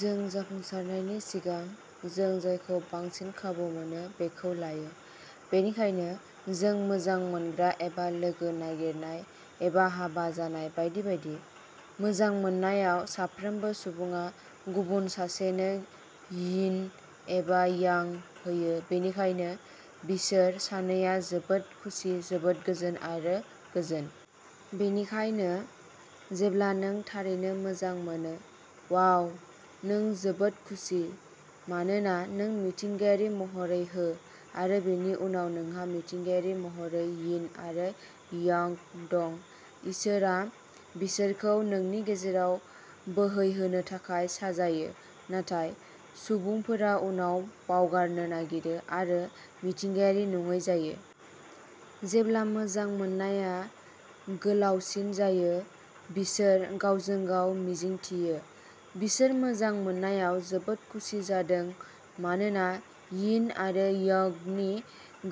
जों जाफुंसारनायनि सिगां, जों जायखौ बांसिन खाबु मोनो बेखौ लायो। बेनिखायनो, जों मोजां मोनग्रा एबा लोगो नागिरनाय, एबा हाबा जानाय बायदि बायदि। मोजां मोननायाव, साफ्रोमबो सुबुङा गुबुन सासेनो यिन एबा यां होयो। बेनिखायनो, बिसोर सानैया जोबोद खुसि, जोबोद गोजोन आरो गोजोन। बेनिखायनो, जेब्ला नों थारैनो मोजां मोनो, वाव! नों जोबोद खुसि, मानोना नों मिथिंगायारि महरै हो, आरो बेनि उनाव नोंहा मिथिंगायारि महरै यिन आरो यांग दं। इसोरआ बिसोरखौ नोंनि गेजेराव बोहैहोनो थाखाय साजायो। नाथाय, सुबुंफोरा उनाव बावगारनो नागिरो, आरो मिथिंगायारि नङै जायो। जेब्ला मोजां मोननाया गोलावसिन जायो, बिसोर गावजों गाव मिजिंथियो! बिसोर मोजां मोननायाव जोबोद खुसि जादों मानोना यिन आरो यांगनि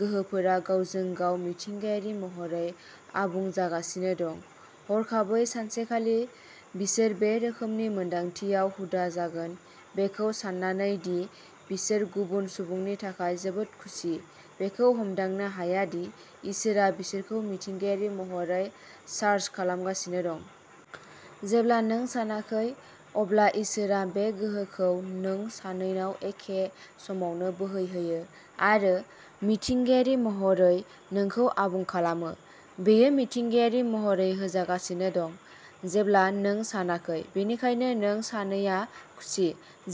गोहोफोरा गावजों गाव मिथिंगायारि महरै आबुं जागासिनो दं। हरखाबै, सानसेखालि, बिसोर बे रोखोमनि मोनदांथियाव हुदा जागोन, बेखौ सान्नानै दि बिसोर गुबुन सुबुंनि थाखाय जोबोद खुसि, बेखौ हमदांनो हाया दि इसोरआ बिसोरखौ मिथिंगायारि महरै चार्ज खालामगासिनो दं। जेब्ला नों सानाखै, अब्ला इसोरआ बे गोहोखौ नों सानैनाव एखे समावनो बोहैहोयो आरो मिथिंगायारि महरै नोंखौ आबुं खालामो। बेयो मिथिंगायारि महरै होजागासिनो दं जेब्ला नों सानाखै। बेनिखायनो नों सानैया खुसि।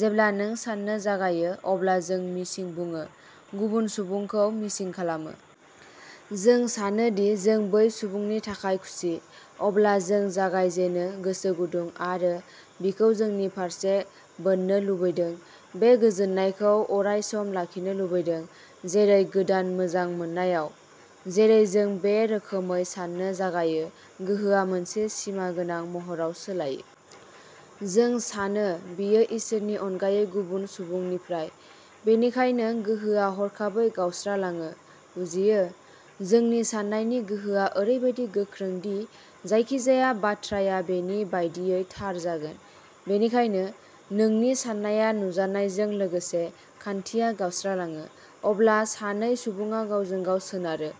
जेब्ला नों सान्नो जागायो, अब्ला जों "मिसिं" बुङो, गुबुन सुबुंखौ मिसिं खालामो। जों सानो दि जों बै सुबुंनि थाखाय खुसि। अब्ला, जों जागायजेनो गोसो गुदुं, आरो बिखौ जोंनि फारसे बोननो लुबैदों, बे गोजोननायखौ अरायसम लाखिनो लुबैदों, जेरै गोदान मोजां मोननायाव। जेरै जों बे रोखोमै साननो जागायो, गोहोआ मोनसे सिमा गोनां महराव सोलायो। जों सानो बेयो इसोरनि अनगायै गुबुन सुबुंनिफ्राय। बेनिखायनो गोहोआ हरखाबै गावस्रालाङो, बुजियो? जोंनि साननायनि गोहोआ ओरैबादि गोख्रों दि जायखिजाया बाथ्राया बेनि बायदियै थार जागोन। बेनिखायनो, नोंनि साननाया नुजानायजों लोगोसे, खान्थिया गावस्रालाङो। अब्ला सानै सुबुङा गावजों गाव सोनारो,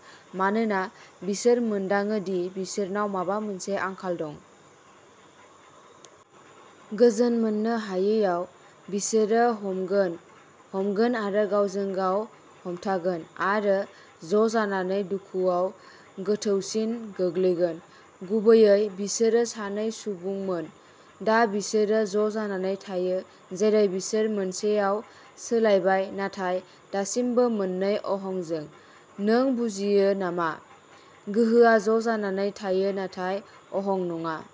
मानोना बिसोर मोनदाङो दि बिसोरनाव माबा मोनसे आंखाल दं! गोजोन मोननो हायैयाव, बिसोरो हमगोन, हमगोन आरो गावजों गाव हमथागोन, आरो ज'जानानै दुखुआव गोथौसिन गोग्लैगोन। गुबैयै, बिसोरो सानै सुबुंमोन, दा बिसोरो ज'जानानै थायो जेरै बिसोर मोनसेयाव सोलायबाय, नाथाय दासिमबो मोननै अहंजों। नों बुजियो नामा? गोहोआ ज'जानानै थायो, नाथाय अहं नङा!